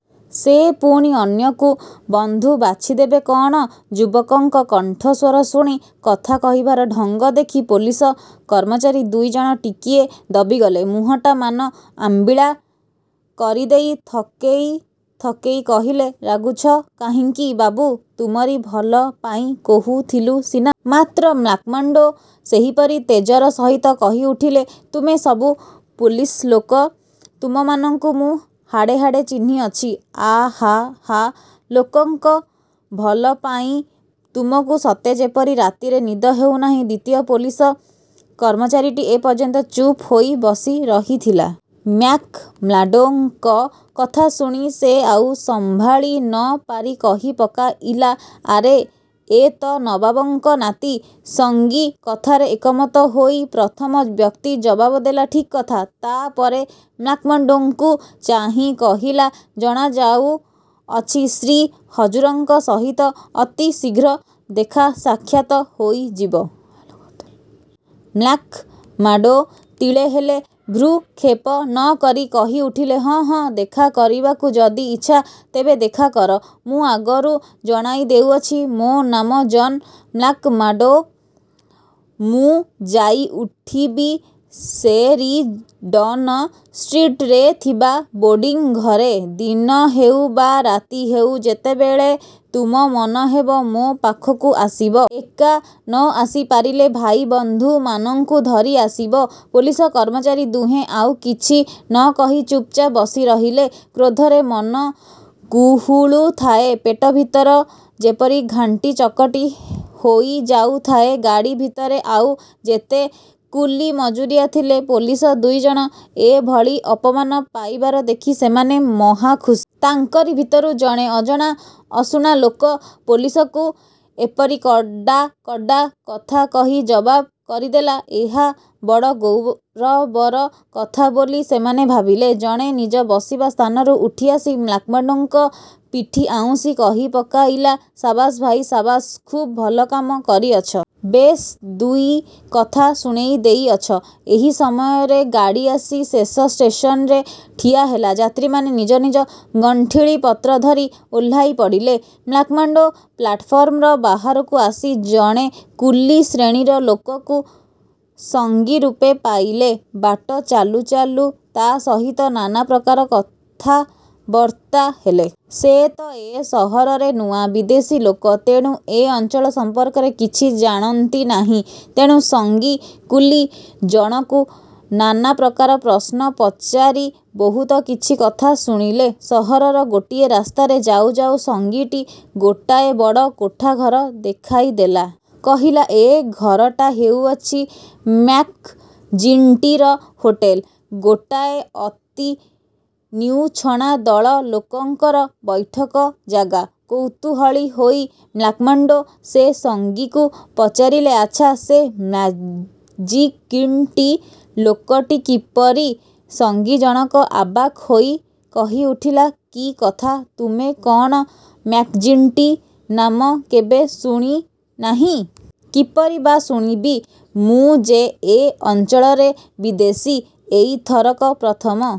ସେ ପୁଣି ଅନ୍ୟକୁ ବନ୍ଧୁ ବାଛିଦେବେ କଅଣ? '' ଯୁବକଙ୍କ କଣ୍ଠସ୍ୱର ଶୁଣି, କଥା କହିବାର ଢଙ୍ଗ ଦେଖି ପୋଲିସ କର୍ମଚାରୀ ଦୁଇ ଜଣ ଟିକିଏ ଦବିଗଲେ। ମୁହଁଟାମାନ ଆମ୍ବିଳା କରିଦେଇ ଥକେଇ ଥକେଇ କହିଲେ, ''ରାଗୁଛ କାହିଁକି ବାବୁ? ତୁମରି ଭଲ ପାଇଁ କହୁଥିଲୁ ସିନା! '' ମାତ୍ର ମ୍ୟାକ୍ମାର୍ଡ଼ୋ ସେହିପରି ତେଜର ସହିତ କହି ଉଠିଲେ, ''ତୁମେ ସବୁ ପୋଲିସଲୋକ। ତୁମମାନଙ୍କୁ ମୁଁ ହାଡ଼େହାଡ଼େ ଚିହ୍ନିଅଛି। ଆହା ହା, ଲୋକଙ୍କ ଭଲ ପାଇଁ ତୁମକୁ ସତେ ଯେପରି ରାତିରେ ନିଦ ହେଉ ନାହିଁ! '' ଦ୍ୱିତୀୟ ପୋଲିସ କର୍ମଚାରୀଟି ଏପର୍ଯ୍ୟନ୍ତ ଚୁପ୍ ହୋଇ ବସି ରହିଥିଲା। ମ୍ୟାକ୍ମାର୍ଡ଼ୋଙ୍କ କଥା ଶୁଣି ସେ ଆଉ ସମ୍ଭାଳି ନ ପାରି କହିପକାଇଲା, ''ଆରେ, ଏ ତ ନବାବଙ୍କ ନାତି। '' ସଙ୍ଗୀ କଥାରେ ଏକମତ ହୋଇ ପ୍ରଥମ ବ୍ୟକ୍ତି ଜବାବଦେଲା, ''ଠିକ କଥା। '' ତା ପରେ ମ୍ୟାକ୍ମାର୍ଡ଼ୋଙ୍କୁ ଚାହିଁ କହିଲା, ''ଜଣାଯାଉଅଛି, ଶ୍ରୀ ହଜୁରଙ୍କ ସହିତ ଅତି ଶୀଘ୍ର ଦେଖାସାକ୍ଷାତ ହୋଇଯିବ। '' ମ୍ୟାକ୍ମାର୍ଡ଼ୋ ତିଳେ ହେଲେ ଭ୍ରୂକ୍ଷେପ ନ କରି କହିଉଠିଲେ, ''ହଁ ହଁ, ଦେଖା କରିବାକୁ ଯଦି ଇଚ୍ଛା, ତେବେ ଦେଖା କର। ମୁଁ ଆଗରୁ ଜଣାଇଦେଉଅଛି, ମୋ ନାମ ଜନ ମ୍ୟାକ୍ମାର୍ଡ଼ୋ। ମୁଁ ଯାଇ ଉଠିବି ସେରିଡ଼ନ୍ ଷ୍ଟ୍ରିଟରେ ଥିବା ବୋର୍ଡ଼ିଂ ଘରେ। ଦିନ ହେଉ ବା ରାତି ହେଉ–ଯେତେବେଳେ ତୁମ ମନ ହେବ, ମୋ ପାଖକୁ ଆସିବ। ଏକା ନ ଆସିପାରିଲେ, ଭାଇ ବନ୍ଧୁମାନଙ୍କୁ ଧରି ଆସିବ। '' ପୋଲିସ କର୍ମଚାରୀ ଦୁହେଁ ଆଉ କିଛି ନ କହି ଚୁପ୍ଚାପ୍ ବସିରହିଲେ। କ୍ରୋଧରେ ମନ କୁହୁଳୁଥାଏ; ପେଟଭିତର ଯେପରି ଘାଣ୍ଟି ଚକଟି ହୋଇଯାଉଥାଏ। ଗାଡ଼ିଭିତରେ ଆଉ ଯେତେ କୁଲି ମଜୁରିଆ ଥିଲେ, ପୋଲିସ ଦୁଇ ଜଣ ଏଭଳି ଅପମାନ ପାଇବାର ଦେଖି ସେମାନେ ମହା ଖୁସି। ତାଙ୍କରି ଭିତରୁ ଜଣେ ଅଜଣା ଅଶୁଣା ଲୋକ ପୋଲିସକୁ ଏପରି କଡ଼ାକଡ଼ା କଥା କହି ଜବତ୍ କରିଦେଲା; ଏହା ବଡ଼ ଗୌରବର କଥା ବୋଲି ସେମାନେ ଭାବିଲେ। ଜଣେ ନିଜ ବସିବା ସ୍ଥାନରୁ ଉଠିଆସି ମ୍ୟାକ୍ମାର୍ଡ଼ୋଙ୍କ ପିଠି ଆଉଁସି କହିପକାଇଲା, ''ସାବାସ୍ ଭାଇ, ସାବାସ୍। ଖୁବ୍ ଭଲ କାମ କରିଅଛ। ବେଶ୍ ଦୁଇ କଥା ଶୁଣେଇଦେଇଅଛ। '' ଏହି ସମୟରେ ଗାଡ଼ି ଆସି ଶେଷ ଷ୍ଟେସନରେ ଠିଆ ହେଲା। ଯାତ୍ରୀମାନେ ନିଜ ନିଜ ଗଣ୍ଠିଲିପତ୍ର ଧରି ଓହ୍ଳାଇପଡ଼ିଲେ। ମ୍ୟାକ୍ମାର୍ଡ଼ୋ ପ୍ଳାଟଫର୍ମର ବାହାରକୁ ଆସି ଜଣେ କୁଲି ଶ୍ରେଣୀର ଲୋକକୁ ସଙ୍ଗୀରୂପେ ପାଇଲେ। ବାଟ ଚାଲୁଚାଲୁ ତା ସହିତ ନାନାପ୍ରକାର କଥାବର୍ତ୍ତା ହେଲେ। ସେ ତ ଏ ସହରରେ ନୂଆ; ବିଦେଶୀ ଲୋକ; ତେଣୁ ଏ ଅଞ୍ଚଳ ସମ୍ପର୍କରେ କିଛି ଜାଣନ୍ତି ନାହିଁ। ତେଣୁ ସଙ୍ଗୀ କୁଲି ଜଣକୁ ନାନା ପ୍ରକାର ପ୍ରଶ୍ନ ପଚାରି ବହୁତ କିଛି କଥା ଶୁଣିଲେ। ସହରର ଗୋଟିଏ ରାସ୍ତାରେ ଯାଉଯାଉ ସଙ୍ଗୀଟି ଗୋଟାଏ ବଡ଼ କୋଠାଘର ଦେଖାଇଦେଲା। କହିଲା, ''ଏ ଘରଟା ହେଉଅଛି ମ୍ୟାକ୍ଜିଣ୍ଟିର ହୋଟେଲ; ଗୋଟାଏ ଅତି ନିଉଛଣା ଦଳ ଲୋକଙ୍କର ବୈଠକଜାଗା। '' କୌତୂହଳୀ ହୋଇ ମ୍ୟାକ୍ମାର୍ଡ଼ୋ ସେ ସଙ୍ଗୀକୁ ପଚାରିଲେ, ''ଆଚ୍ଛା, ସେ ମ୍ୟାକ୍ଜିଣ୍ଟି ଲୋକଟି କିପରି? '' ସଙ୍ଗୀ ଜଣକ ଅବାକ୍ ହୋଇ କହିଉଠିଲା, ''କି କଥା? ତୁମେ କଅଣ ମ୍ୟାକ୍ଜିଣ୍ଟି ନାମ କେବେ ଶୁଣି ନାହିଁ? '' ''କିପରି ବା ଶୁଣିବି? ମୁଁ ଯେ ଏ ଅଞ୍ଚଳରେ ବିଦେଶୀ; ଏଇ ଥରକ ପ୍ରଥମ